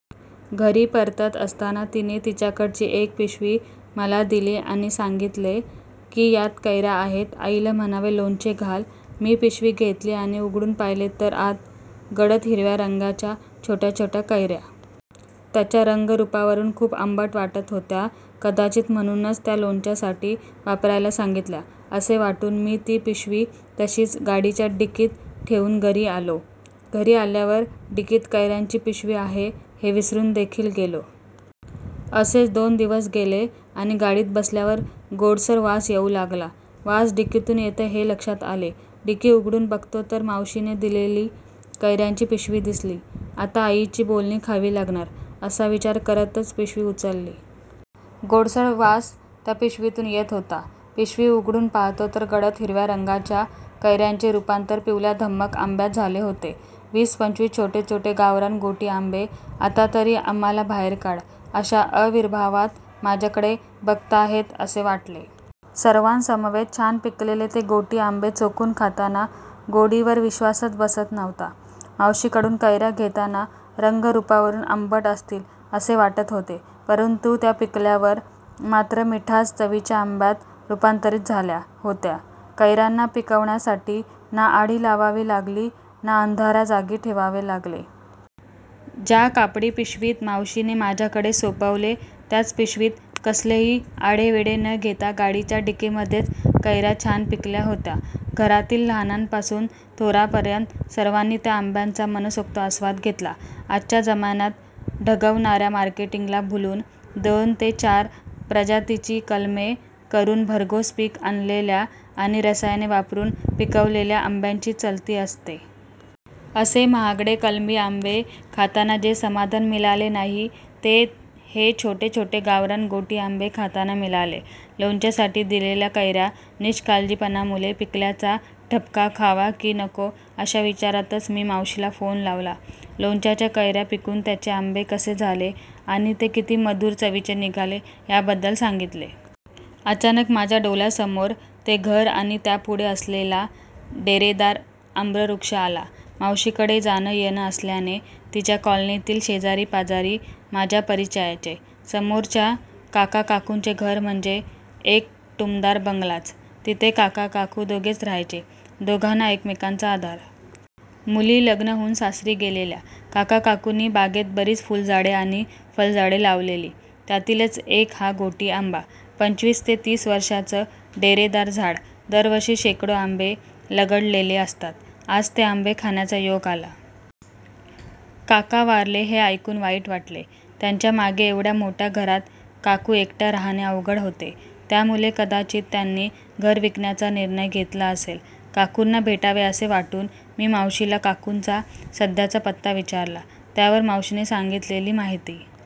घरी परतत असताना तिने तिच्याकडची एक पिशवी मला दिली आणि सांगितले की यात कैऱ्या आहेत, आईला म्हणावे लोणचे घाल. मी पिशवी घेतली आणि उघडून पहिले तर आत गडद हिरव्या रंगाच्या छोट्या छोट्या कैऱ्या. त्यांच्या रंग-रूपावरून खूप आंबट वाटत होत्या. कदाचित म्हणूनच त्या लोणच्यासाठी वापरायला सांगितल्या असे वाटून मी ती पिशवी तशीच गाडीच्या डिकीत ठेउन घरी आलो. घरी आल्यावर डिकीत कैऱ्यांची पिशवी आहे हे विसरून देखील गेलो. असेच दोन दिवस गेले आणि गाडीत बसल्यावर गोडसर वास येऊ लागला. वास डिकीतून येतोय हे लक्षात आले. डिकी उघडून बघतो तर मावशीने दिलेली कैऱ्यांची पिशवी दिसली. आता आईची बोलणी खावी लागणार असा विचार करतच पिशवी उचलली. गोडसर वास त्या पिशवीतून येत होता. पिशवी उघडून पाहतो तर गडद हिरव्या रंगाच्या कैऱ्यांचे रुपांतर पिवळ्याधम्मक आंब्यात झाले होते. वीस-पंचवीस छोटे छोटे गावरान गोटी आंबे आतातरी आम्हाला बाहेर काढ अशा अविर्भावात माझ्याकडे बघताहेत असे वाटले. सर्वांसमवेत छान पिकलेले ते गोटी आंबे चोखून खाताना गोडीवर विश्वासच बसत नव्हता. मावशीकडून कैऱ्या घेताना रंग-रूपावरून आंबट असतील असे वाटत होते, परंतु त्या पिकल्यावर मात्र मिठ्ठास चवीच्या आंब्यात रुपांतरीत झाल्या होत्या. कैऱ्यांना पिकविण्यासाठी ना आढी लावावी लागली ना अंधाऱ्या जागी ठेवावे लागले. ज्या कापडी पिशवीत मावशीने माझ्याकडे सोपवले त्याच पिशवीत कसलेही आढेवेढे न घेता गाडीच्या डिकीमधेच कैऱ्या छान पिकल्या होत्या. घरातील लहानांपासून थोरांपर्यंत सर्वांनी त्या आंब्यांचा मनसोक्त आस्वाद घेतला. आजच्या जमान्यात ठगवणाऱ्या मार्केटिंगला भुलून, दोन ते चार प्रजातींची कलमे करून भरघोस पिक आणलेल्या आणि रसायने वापरून पिकवलेल्या आंब्यांची चलती असते. असे महागडे कलमी आंबे खाताना जे समाधान मिळाले नाही ते हे छोटे-छोटे गावरान गोटी आंबे खाताना मिळाले. लोणच्यासाठी दिलेल्या कैऱ्या निष्काळजीपणामुळे पिकल्याचा ठपका खावा कि नको अशा विचारातच मी मावशीला फोन लावला. लोणच्याच्या कैऱ्या पिकून त्यांचे आंबे कसे झाले आणि ते किती मधुर चवीचे निघाले याबद्दल सांगितले. अचानक माझ्या डोळ्यासमोर ते घर आणि त्यापुढे असलेला डेरेदार आम्रवृक्ष आला. मावशीकडे जाणं-येणं असल्याने तिच्या कॉलनीतील शेजारी-पाजारी माझ्या परिचयाचे. समोरच्या काका-काकुंचे घर म्हणजे एक टुमदार बंगलाच. तिथे काका-काकू दोघेच राहायचे. दोघांना एकमेकांचा आधार. मुली लग्न होऊन सासरी गेलेल्या. काका-काकूंनी बागेत बरीच फुलझाडे आणि फळझाडे लावलेली. त्यातीलच एक हा गोटी आंबा. पंचवीस ते तीस वर्षांचं डेरेदार झाड. दरवर्षी शेकडो आंबे लगडलेले असतात. आज ते आंबे खाण्याचा योग आला. काका वारले हे ऐकून वाईट वाटले. त्यांच्या मागे एवढ्या मोठ्या घरात काकू एकट्या राहणे अवघड होते. त्यामुळे कदाचित त्यांनी घर विकण्याचा निर्णय घेतला असेल. काकूंना भेटावे असे वाटून मी मावशीला काकूंचा सध्याचा पत्ता विचारला, त्यावर मावशीने सांगितलेली माहिती.